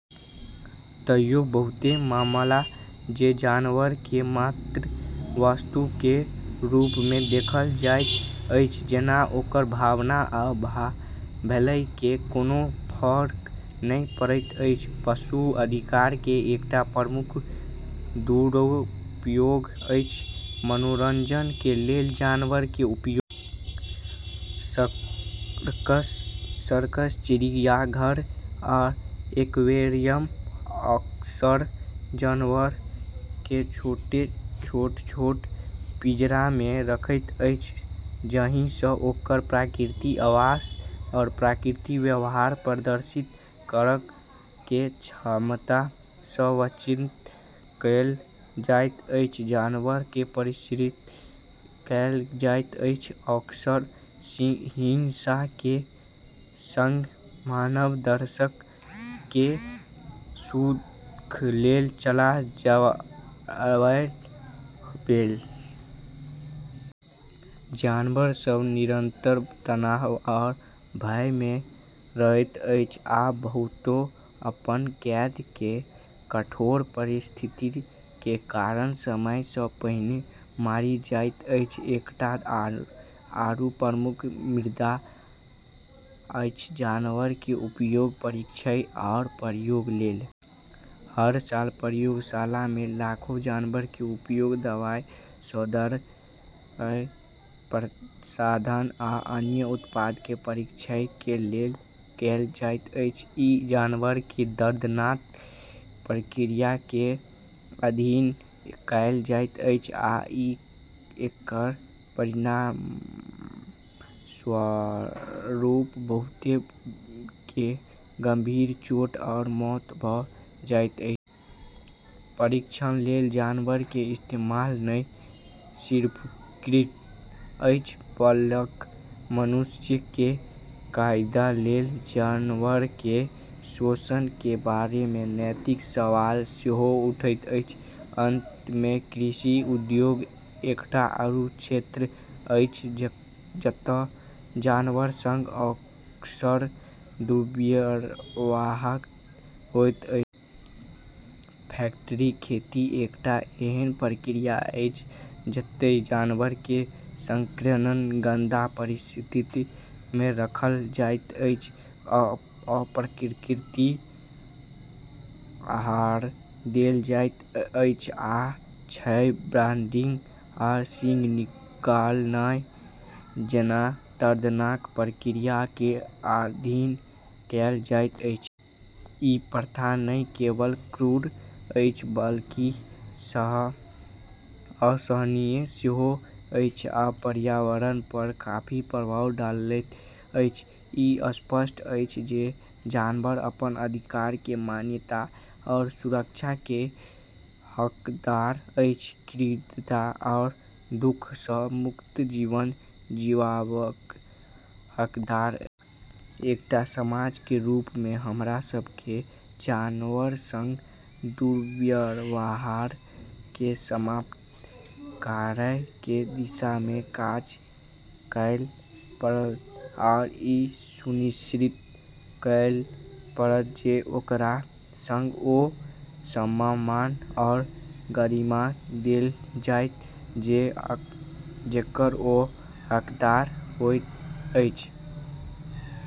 तइयो बहुतो मामला मे जानवर के मात्र वस्तु के रूप मे देखल जाएत अछि, जेना ओकर भावना आ भलाई के कोनो फर्क नहि पड़ैत अछि। पशु अधिकार के एकटा प्रमुख दुरुपयोग अछि मनोरंजन के लेल जानवर के उपयोग। सर्कस, चिड़ियाघर आ एक्वेरियम अक्सर जानवर के छोट-छोट पिंजरा मे रखैत अछि, जाहि सँ ओकर प्राकृतिक आवास आ प्राकृतिक व्यवहार प्रदर्शित करय के क्षमता सँ वंचित कएल जाएत अछि। जानवर के प्रशिक्षित कएल जाएत अछि, अक्सर हिंसा के संग, मानव दर्शक के सुख लेल चाल चलाबय लेल। जानवर सभ निरंतर तनाव आ भय मे रहैत अछि, आ बहुतो अपन कैद के कठोर परिस्थिति के कारण समय सँ पहिने मरि जाएत अछि। एकटा आरू प्रमुख मुद्दा अछि जानवर के उपयोग परीक्षण आ प्रयोग लेल। हर साल प्रयोगशाला मे लाखों जानवर के उपयोग दवाई, सौंदर्य प्रसाधन आ अन्य उत्पाद के परीक्षण के लेल कएल जाएत अछि। ई जानवर के दर्दनाक प्रक्रिया के अधीन कएल जाएत अछि, आ एकर परिणामस्वरूप बहुतो के गंभीर चोट आ मौत भ जाएत अछि। परीक्षण लेल जानवर के इस्तेमाल नहि सिर्फ क्रूर अछि, बल्कि मनुष्य के फायदा लेल जानवर के शोषण के बारे मे नैतिक सवाल सेहो उठैत अछि। अंत मे कृषि उद्योग एकटा आरू क्षेत्र अछि जतय जानवर संग अक्सर दुर्व्यवहार होइत अछि। फैक्ट्री खेती एकटा एहन प्रक्रिया अछि जतय जानवर के संकीर्ण, गंदा परिस्थिति मे राखल जाएत अछि, अप्राकृतिक आहार देल जाएत अछि, आ क्षय, ब्रांडिंग आ सींग निकालनाय जेना दर्दनाक प्रक्रिया के अधीन कएल जाएत अछि। ई प्रथा नहि केवल क्रूर अछि बल्कि असहनीय सेहो अछि आ पर्यावरण पर काफी प्रभाव डालैत अछि। ई स्पष्ट अछि जे जानवर अपन अधिकार के मान्यता आ सुरक्षा के हकदार छथि। क्रूरता आ दुख सँ मुक्त जीवन जीबाक हकदार छथि। एकटा समाज के रूप मे हमरा सब के जानवर संग दुर्व्यवहार के समाप्त करय के दिशा मे काज करय पड़त आ ई सुनिश्चित करय पड़त जे ओकरा संग ओ सम्मान आ गरिमा देल जाय जेकर ओ हकदार अछि।